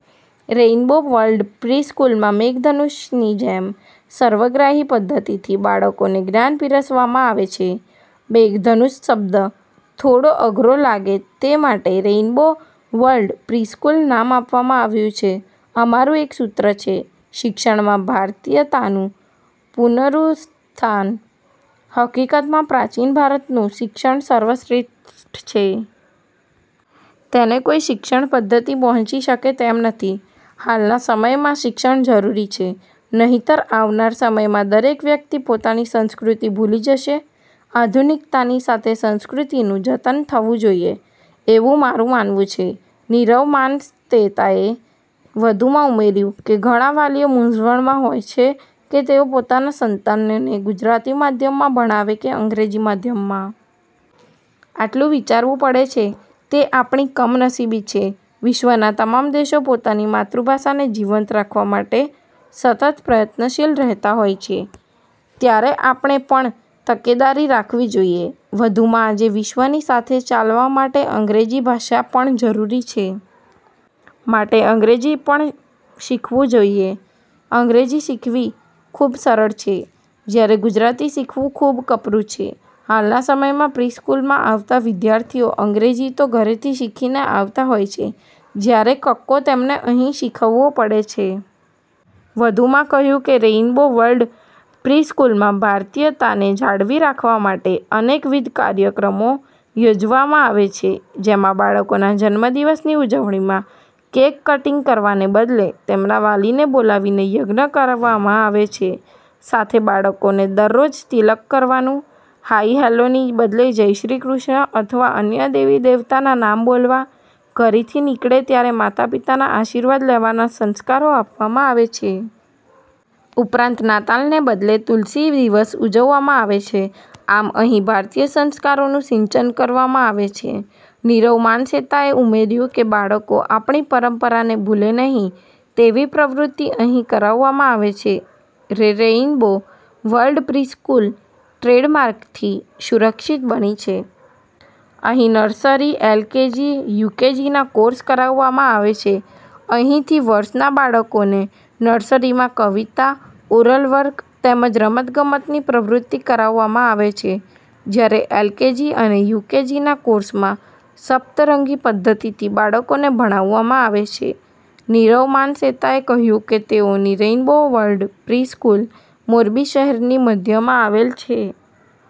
Rainbow world પ્રિ-સ્કૂલમાં મેઘધનુષની જેમ સર્વગ્રાહી પદ્ધતિથી બાળકોને જ્ઞાન પીરસવામાં આવે છે. મેઘધનુષ શબ્દ થોડો અઘરો લાગે તે માટે રેઈન્બો વર્લ્ડ પ્રિ-સ્કૂલ નામ આપવામાં આવ્યું છે. અમારું એકસૂત્ર છે. શિક્ષણમાં ભારતીયતાનું પુનરુત્થાન. હકીકતમાં પ્રાચીન ભારતનું શિક્ષણ સર્વ શ્રેષ્ઠ છે. તેને કોઈ શિક્ષણ પદ્ધતિ પહોંચી શકે તેમ નથી. હાલના સમયમાંશિક્ષણ જરૂરી છે. નહિતર આવનાર સમયમાં દરેક વ્યક્તિ પોતાની સંસ્કૃતિ ભૂલી જશે. આધુનિકતાની સાથે સંસ્કૃતિનું જતન થવુંજોઈએ. એવુ મારું માનવું છે. નીરવ માનસેતાએ વધુમાં ઉમેર્યું કે ઘણા વાલીઓ મુંઝવણમા હોય છે કે તેઓ પોતાના સંતાનને ગુજરાતી માધ્યમમા ભણાવે કે અંગ્રેજી માધ્યમમાં. આટલું વિચારવું પડે છે તે આપણી કમનસીબી છે. વિશ્વના તમામ દેશો પોતાની માતૃભાષાને જીવંત રાખવા માટે સતત પ્રયત્નશીલ રહેતા હોય છે. ત્યારે આપણે પણતકેદારી રાખવી જોઈએ. વધુમાં આજે વિશ્વની સાથે ચાલવા માટે અંગ્રેજી ભાષા પણ જરૂરી છે. માટે અંગ્રેજી પણ શીખવુંજોઈએ. અંગ્રેજી શીખવી ખૂબ સરળ છે. જ્યારે ગુજરાતી શીખવું ખૂબ કપરું છે. હાલના સમયમાં પ્રિ સ્કૂલમા આવતા વિદ્યાર્થીઓ અંગ્રેજી તો ઘરેથીશીખીને આવતા હોય છે. જ્યારે કક્કો તેમને અહીં શીખવવો પડે છે. વધુમાં કહ્યું કે રેઈન્બો વર્લ્ડ પ્રિ-સ્કૂલમાં ભારતીયતાને જાળવી રાખવા માટે અનેકવિધ કાર્યક્રમો યોજવામાં આવે છે. જેમાં બાળકોના જન્મદિવસની ઉજવણીમા કેક કટીંગ કરવાને બદલે તેમના વાલીને બોલાવીને યજ્ઞ કરવામાં આવે છે. સાથે બાળકોને દરરોજ તિલક કરવાનું, હાઈ- હેલ્લોની બદલે જય શ્રી કૃષ્ણ અથવા અન્ય દેવી દેવતાના નામ બોલવા, ઘરેથી નીકળે ત્યારે માતા પિતાના આશીર્વાદ લેવાના સંસ્કારો આપવામાં આવે છે. ઉપરાંત નાતાલને બદલે તુલસી દિવસ ઉજવવામાં આવે છે. આમ અહીં ભારતીય સંસ્કારોનું સીંચન કરવામાં આવે છે. નીરવ માનસેતાએ ઉમેર્યું કે બાળકો આપણી પરંપરાને ભૂલે નહિ તેવી પ્રવૃત્તિ અહીં કરાવવામાં આવે છે. રેરેઈન્બો વર્લ્ડ પ્રિ-સ્કૂલ ટ્રેડમાર્કથી સુરક્ષિત બની છે. અહીં નર્સરી, એલકેજી, યુકેજીના કોર્ષ કરાવવામાં આવે છે. અહીંથીવર્ષના બાળકોને નર્સરીમાં કવિતા, ઓરલ વર્ક તેમજ રમત ગમતની પ્રવૃત્તિ કરાવવામાં આવે છે. જ્યારે એલકેજી અને યુકેજીના કોર્ષમાં સપ્તરંગી પદ્ધતિથી બાળકોને ભણાવવામાં આવે છે. નીરવ માનસેતાએ કહ્યું કે તેઓની રેઈન્બો વર્લ્ડ પ્રિ-સ્કૂલ મોરબી શહેરની મધ્યમાં આવેલ છે.